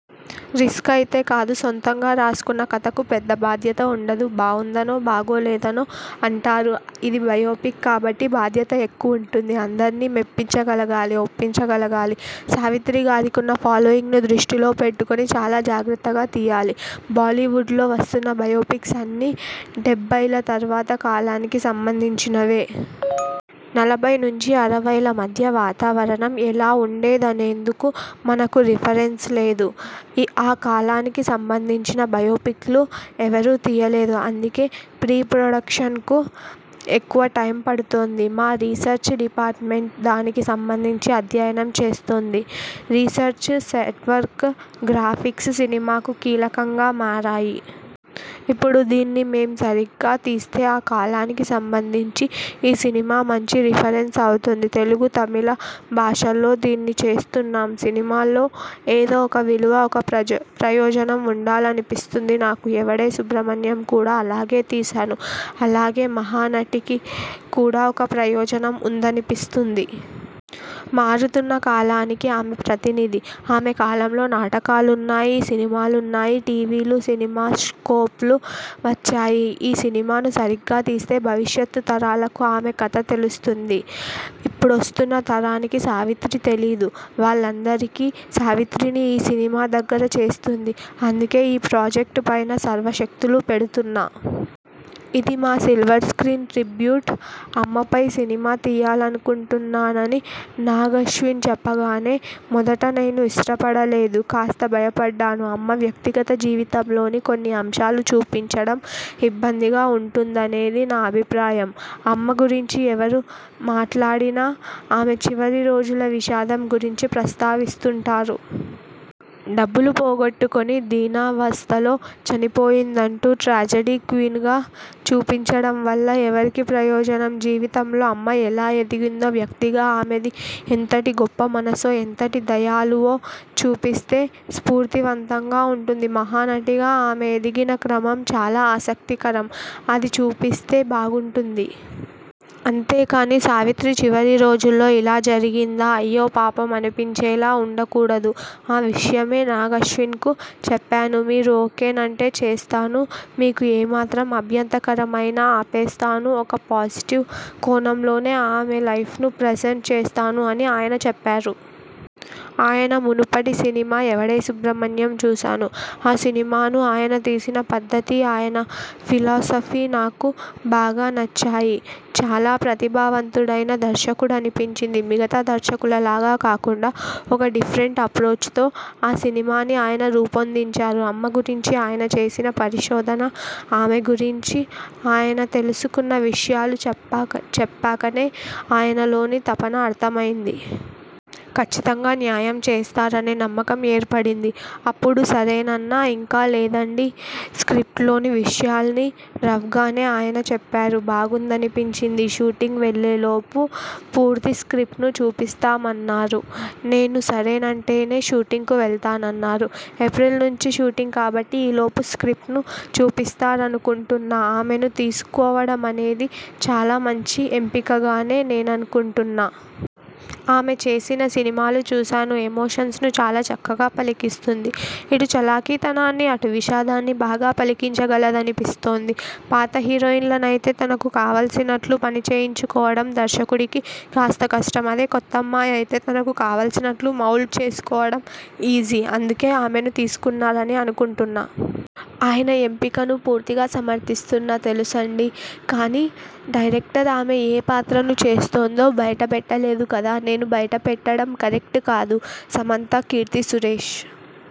Risk అయితే కాదు. సొంతంగా రాసుకున్న కథకు పెద్ద బాధ్యత ఉండదు. బావుందనో, బాగోలేదనో అంటారు. ఇది బయోపిక్ కాబట్టి బాధ్యత ఎక్కువుంటుంది. అందర్నీ మెప్పించగలగాలి, ఒప్పించగలగాలి. సావిత్రి గారికున్న ఫాలోయింగ్ను దృష్టిలో పెట్టుకొని చాలా జాగ్రత్తగా తియ్యాలి. బాలీవుడ్లో వస్తున్న బయోపిక్స్ అన్నీ డెబ్బైల తర్వాత కాలానికి సంబంధించినవే. నలభై నుంచి అరవైల మధ్య వాతావరణం ఎలా ఉండేదనేందుకు మనకు రిఫరెన్స లేదు. ఈ ఆ కాలానికి సంబంధించిన బయోపిక్లు ఎవరూ తియ్యలేదు. అందుకే ప్రీ ప్రొడక్షనకు ఎక్కువ టైమ్ పడుతోంది. మా రిసెర్చి డిపార్ట్మెంట్ దానికి సంబంధించి అధ్యయనం చేస్తోంది. Research, network, graphics. సినిమాకు కీలకంగా మారాయి. ఇప్పుడు దీన్ని మేం సరిగ్గా తీస్తే, ఆ కాలానికి సంబంధించి ఈ సినిమా మంచి రిఫరెన్స అవుతుంది. తెలుగు, తమిళ భాషల్లో దీన్ని చేస్తున్నాం. సినిమాలో ఏదో ఒక విలువ, ఒక ప్రజ ప్రయోజనం ఉండాలనిపిస్తుంది నాకు. 'ఎవడే సుబ్రమణ్యం' కూడా అలాగే తీశాను. అలాగే 'మహానటి'కి కూడా ఒక ప్రయోజనం ఉందనిపిస్తుంది. మారుతున్న కాలానికి ఆమె ప్రతినిధి. ఆమె కాలంలో నాటకాలున్నాయి, సినిమాలున్నాయి. టీవీలు, సినిమాస్కోప్లు వచ్చాయి. ఈ సినిమాను సరిగ్గా తీస్తే భవిష్యత్ తరాలకు ఆమె కథ తెలుస్తుంది. ఇప్పుడొస్తున్న తరానికి సావిత్రి తెలీదు. వాళ్లందరికీ సావిత్రిని ఈ సినిమా దగ్గర చేస్తుంది. అందుకే ఈ ప్రాజెక్ట్ పైనా సర్వశక్తులూ పెడుతున్నా. ఇది మా సిల్వర్ స్ర్కీన్ ట్రిబ్యూట్! అమ్మపై సినిమా తీయాలనుకుంటున్నానని నాగ్ అశ్విన్ చెప్పగానే మొదట నేను ఇష్టపడలేదు. కాస్త భయపడ్డాను. అమ్మ వ్యక్తిగత జీవితంలోని కొన్ని అంశాలు చూపించడం ఇబ్బందిగా ఉంటుందనేది నా అభిప్రాయం. అమ్మ గురించి ఎవరు మాట్లాడినా ఆమె చివరి రోజుల విషాదం గురించి ప్రస్తావిస్తుంటారు. డబ్బులు పోగొట్టుకొని దీనావస్థలో చనిపోయిందంటూ ట్రాజెడీ క్వీనగా చూపించడం వల్ల ఎవరికి ప్రయోజనం? జీవితంలో అమ్మ ఎలా ఎదిగిందో, వ్యక్తిగా ఆమెది ఎంతటి గొప్ప మనసో, ఎంతటి దయాళువో చూపిస్తే స్ఫూర్తివంతంగా ఉంటుంది. 'మహానటి'గా ఆమె ఎదిగిన క్రమం చాలా ఆసక్తికరం. అది చూపిస్తే బాగుంటుంది. అంతే కానీ 'సావిత్రి చివరి రోజుల్లో ఇలా జరిగిందా? అయ్యో పాపం' అనిపించేలా ఉండకూడదు. ఆ విషయమే నాగ్ అశ్వినకు చెప్పాను. 'మీరు ఓకేనంటే చేస్తాను. మీకు ఏ మాత్రం అభ్యంతరకరమైనా ఆపేస్తాను. ఒక పాజిటివ్ కోణంలోనే ఆమె లైఫ్ను ప్రెజెంట్ చేస్తాను' అని ఆయన చెప్పారు. ఆయన మునుపటి సినిమా 'ఎవడే సుబ్రమణ్యం' చూశాను. ఆ సినిమాను ఆయన తీసిన పద్ధతీ, ఆయన ఫిలాసఫీ నాకు బాగా నచ్చాయి. చాలా ప్రతిభావంతుడైన దర్శకుడనిపించింది. మిగతా దర్శకుల లాగా కాకుండా ఒక డిఫరెంట్ అప్రోచతో ఆ సినిమాని ఆయన రూపొందించారు. అమ్మ గురించి ఆయన చేసిన పరిశోధన, ఆమె గురించి ఆయన తెలుసుకున్న విషయాలు చెప్పాక చెప్పాకనే ఆయనలోని తపన అర్థమైంది. కచ్చితంగా న్యాయం చేస్తారనే నమ్మకం ఏర్పడింది. అప్పుడు సరేనన్నా. ఇంకా లేదండీ. స్ర్కిప్టులోని విషయాల్ని రఫ్గానే ఆయన చెప్పారు. బాగుందనిపించింది. షూటింగ్ వెళ్లేలోపు పూర్తి స్ర్కిప్టును చూపిస్తామన్నారు. నేను సరేనంటేనే షూటింగ్కు వెళ్తానన్నారు. ఏప్రిల్ నుంచి షూటింగ్ కాబట్టి ఈలోపు స్ర్కిప్టును చూపిస్తారనుకుంటున్నా. ఆమెను తీసుకోవడమనేది చాలా మంచి ఎంపికగానే నేననుకుంటున్నా. ఆమె చేసిన సినిమాలు చూశాను. ఎమోషన్స్ను చాలా చక్కగా పలికిస్తుంది. ఇటు చలాకీతనాన్నీ, అటు విషాదాన్నీ బాగా పలికించగలదనిపిస్తోంది. పాత హీరోయినలనైతే తనకు కావాల్సినట్లు పనిచేయించుకోవడం దర్శకుడికి కాస్త కష్టం. అదే కొత్తమ్మాయి అయితే తనకు కావాల్సినట్లు మౌల్డ్ చేసుకోవడం ఈజీ. అందుకే ఆమెను తీసుకున్నారని అనుకుంటున్నా. ఆయన ఎంపికను పూర్తిగా సమర్థిస్తున్నా. తెలుసండీ. కానీ డైరెక్టర్ ఆమె ఏ పాత్రను చేస్తోందో బయటపెట్టలేదు కదా. నేను బయటపెట్టడం కరెక్ట్ కాదు. సమంత, కీర్తి సురేశ్